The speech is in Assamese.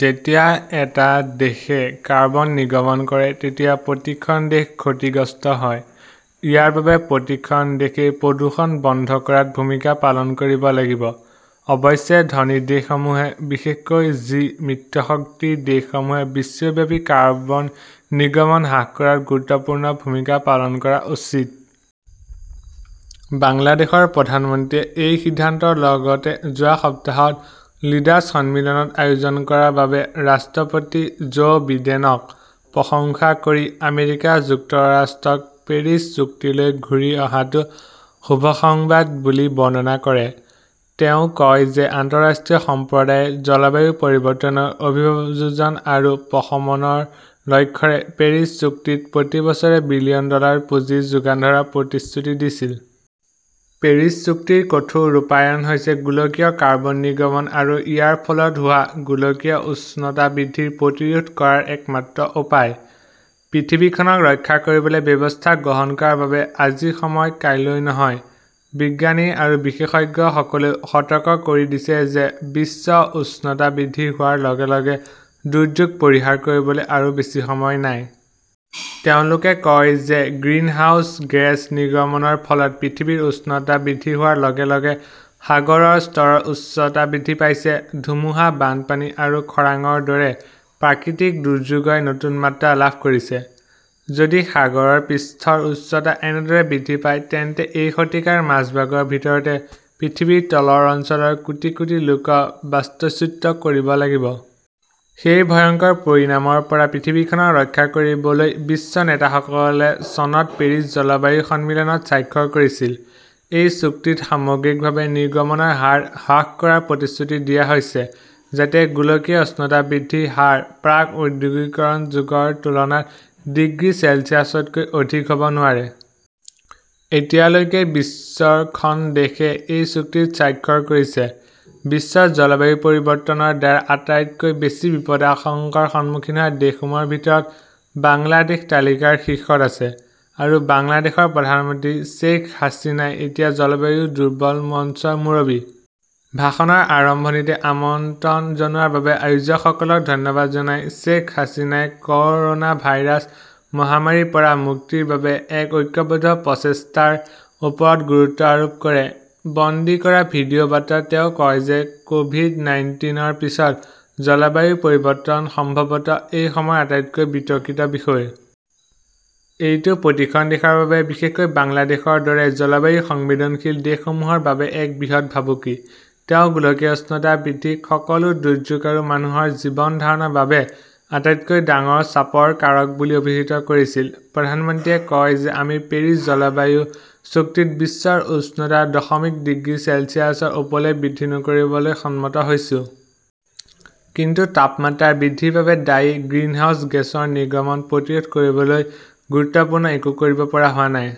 যেতিয়া এটা দেশে কাৰ্বন নিৰ্গমন কৰে তেতিয়া প্ৰতিখন দেশ ক্ষতিগ্ৰস্ত হয়। ইয়াৰ বাবে প্ৰতিখন দেশে প্ৰদূষণ বন্ধ কৰাত ভূমিকা পালন কৰিব লাগিব। অৱশ্যে, ধনী দেশসমূহে, বিশেষকৈ জি- মিত্ৰশক্তিৰ দেশসমূহে বিশ্বব্যাপী কাৰ্বন নিৰ্গমন হ্ৰাস কৰাত গুৰুত্বপূৰ্ণ ভূমিকা পালন কৰা উচিত। বাংলাদেশৰ প্ৰধানমন্ত্ৰীয়ে এই সিদ্ধান্তৰ লগতে যোৱা সপ্তাহত লিডাৰ্ছ সন্মিলন আয়োজন কৰাৰ বাবে ৰাষ্ট্ৰপতি জো বিডেনক প্ৰশংসা কৰি আমেৰিকা যুক্তৰাষ্ট্ৰক পেৰিছ চুক্তিলৈ ঘূৰি অহাটো শুভ সংবাদ বুলি বৰ্ণনা কৰে। তেওঁ কয় যে আন্তঃৰাষ্ট্ৰীয় সম্প্ৰদায়ে জলবায়ু পৰিৱৰ্তনৰ অভিযোজন আৰু প্ৰশমনৰ লক্ষ্যৰে পেৰিছ চুক্তিত প্ৰতি বছৰে বিলিয়ন ডলাৰ পুঁজি যোগান ধৰাৰ প্ৰতিশ্ৰুতি দিছিল। পেৰিছ চুক্তিৰ কঠোৰ ৰূপায়ণ হৈছে গোলকীয় কাৰ্বন নিৰ্গমন আৰু ইয়াৰ ফলত হোৱা গোলকীয় উষ্ণতা বৃদ্ধি প্ৰতিৰোধ কৰাৰ একমাত্ৰ উপায়। পৃথিৱীখনক ৰক্ষা কৰিবলৈ ব্যৱস্থা গ্ৰহণ কৰাৰ বাবে আজি সময়, কাইলৈ নহয়। বিজ্ঞানী আৰু বিশেষজ্ঞসকলেও সতৰ্ক কৰি দিছে যে বিশ্ব উষ্ণতা বৃদ্ধি হোৱাৰ লগে লগে দুৰ্যোগ পৰিহাৰ কৰিবলৈ আৰু বেছি সময় নাই। তেওঁলোকে কয় যে গ্ৰীণহাউছ গেছ নিৰ্গমনৰ ফলত পৃথিৱীৰ উষ্ণতা বৃদ্ধি হোৱাৰ লগে লগে সাগৰৰ স্তৰৰ উচ্চতা বৃদ্ধি পাইছে; ধুমুহা, বানপানী আৰু খৰাংৰ দৰে প্ৰাকৃতিক দুৰ্যোগই নতুন মাত্ৰা লাভ কৰিছে। যদি সাগৰৰ পৃষ্ঠৰ উচ্চতা এনেদৰে বৃদ্ধি পায়, তেন্তে এই শতিকাৰ মাজভাগৰ ভিতৰতে পৃথিৱীৰ তলৰ অঞ্চলৰ কোটি কোটি লোকক বাস্তুচ্যুত কৰিব লাগিব। সেই ভয়ংকৰ পৰিণামৰ পৰা পৃথিৱীখনক ৰক্ষা কৰিবলৈ বিশ্ব নেতাসকলে চনত পেৰিছ জলবায়ু সন্মিলনত স্বাক্ষৰ কৰিছিল। এই চুক্তিত সামগ্ৰিকভাৱে নিৰ্গমনৰ হাৰ হ্ৰাস কৰাৰ প্ৰতিশ্ৰুতি দিয়া হৈছে যাতে গোলকীয় উষ্ণতা বৃদ্ধিৰ হাৰ প্ৰাক-ঔদ্যোগিকৰণ যুগৰ তুলনাত ডিগ্ৰী চেলছিয়াছতকৈ অধিক হ'ব নোৱাৰে। এতিয়ালৈকে বিশ্বৰ খন দেশে এই চুক্তিত স্বাক্ষৰ কৰিছে। বিশ্বৰ জলবায়ু পৰিৱৰ্তনৰ দ্বাৰা আটাইতকৈ বেছি বিপদাশংকাৰ সন্মুখীন হোৱা দেশসমূহৰ ভিতৰত বাংলাদেশ তালিকাৰ শীৰ্ষত আছে। আৰু বাংলাদেশৰ প্ৰধানমন্ত্ৰী শ্বেইখ হাছিনাই এতিয়া জলবায়ু দুৰ্বল মঞ্চৰ মুৰব্বী। ভাষণৰ আৰম্ভণিতে আমন্ত্ৰণ জনোৱাৰ বাবে আয়োজকসকলক ধন্যবাদ জনাই শ্বেইখ হাছিনাই কৰ 'না ভাইৰাছ মহামাৰীৰ পৰা মুক্তিৰ বাবে এক ঐক্যবদ্ধ প্ৰচেষ্টাৰ ওপৰত গুৰুত্ব আৰোপ কৰে। বন্দী কৰা ভিডিঅ বাৰ্তাত তেওঁ কয় যে ক'ভিড- নাইনটিন ৰ পিছত জলবায়ু পৰিৱৰ্তন সম্ভৱতঃ এই সময়ৰ আটাইতকৈ বিতৰ্কিত বিষয়। এইটো প্ৰতিখন দেশৰ বাবে, বিশেষকৈ বাংলাদেশৰ দৰে জলবায়ু সংবেদনশীল দেশসমূহৰ বাবে এক বৃহৎ ভাবুকি। তেওঁ গোলকীয় উষ্ণতা বৃদ্ধিক 'সকলো দুৰ্যোগ আৰু মানুহৰ জীৱন ধাৰণৰ বাবে' আটাইতকৈ ডাঙৰ চাপৰ কাৰক বুলি অভিহিত কৰিছিল। প্ৰধানমন্ত্ৰীয়ে কয় যে আমি পেৰিছ জলবায়ু চুক্তিত বিশ্বৰ উষ্ণতা দশমিক ডিগ্ৰী চেলছিয়াছৰ ওপৰলৈ বৃদ্ধি নকৰিবলৈ সন্মত হৈছো। কিন্তু তাপমাত্ৰা বৃদ্ধিৰ বাবে দায়ী 'গ্ৰিনহাউজ গেছৰ নিৰ্গমন প্ৰতিৰোধ কৰিবলৈ গুৰুত্বপূৰ্ণ একো কৰিব পৰা হোৱা নাই।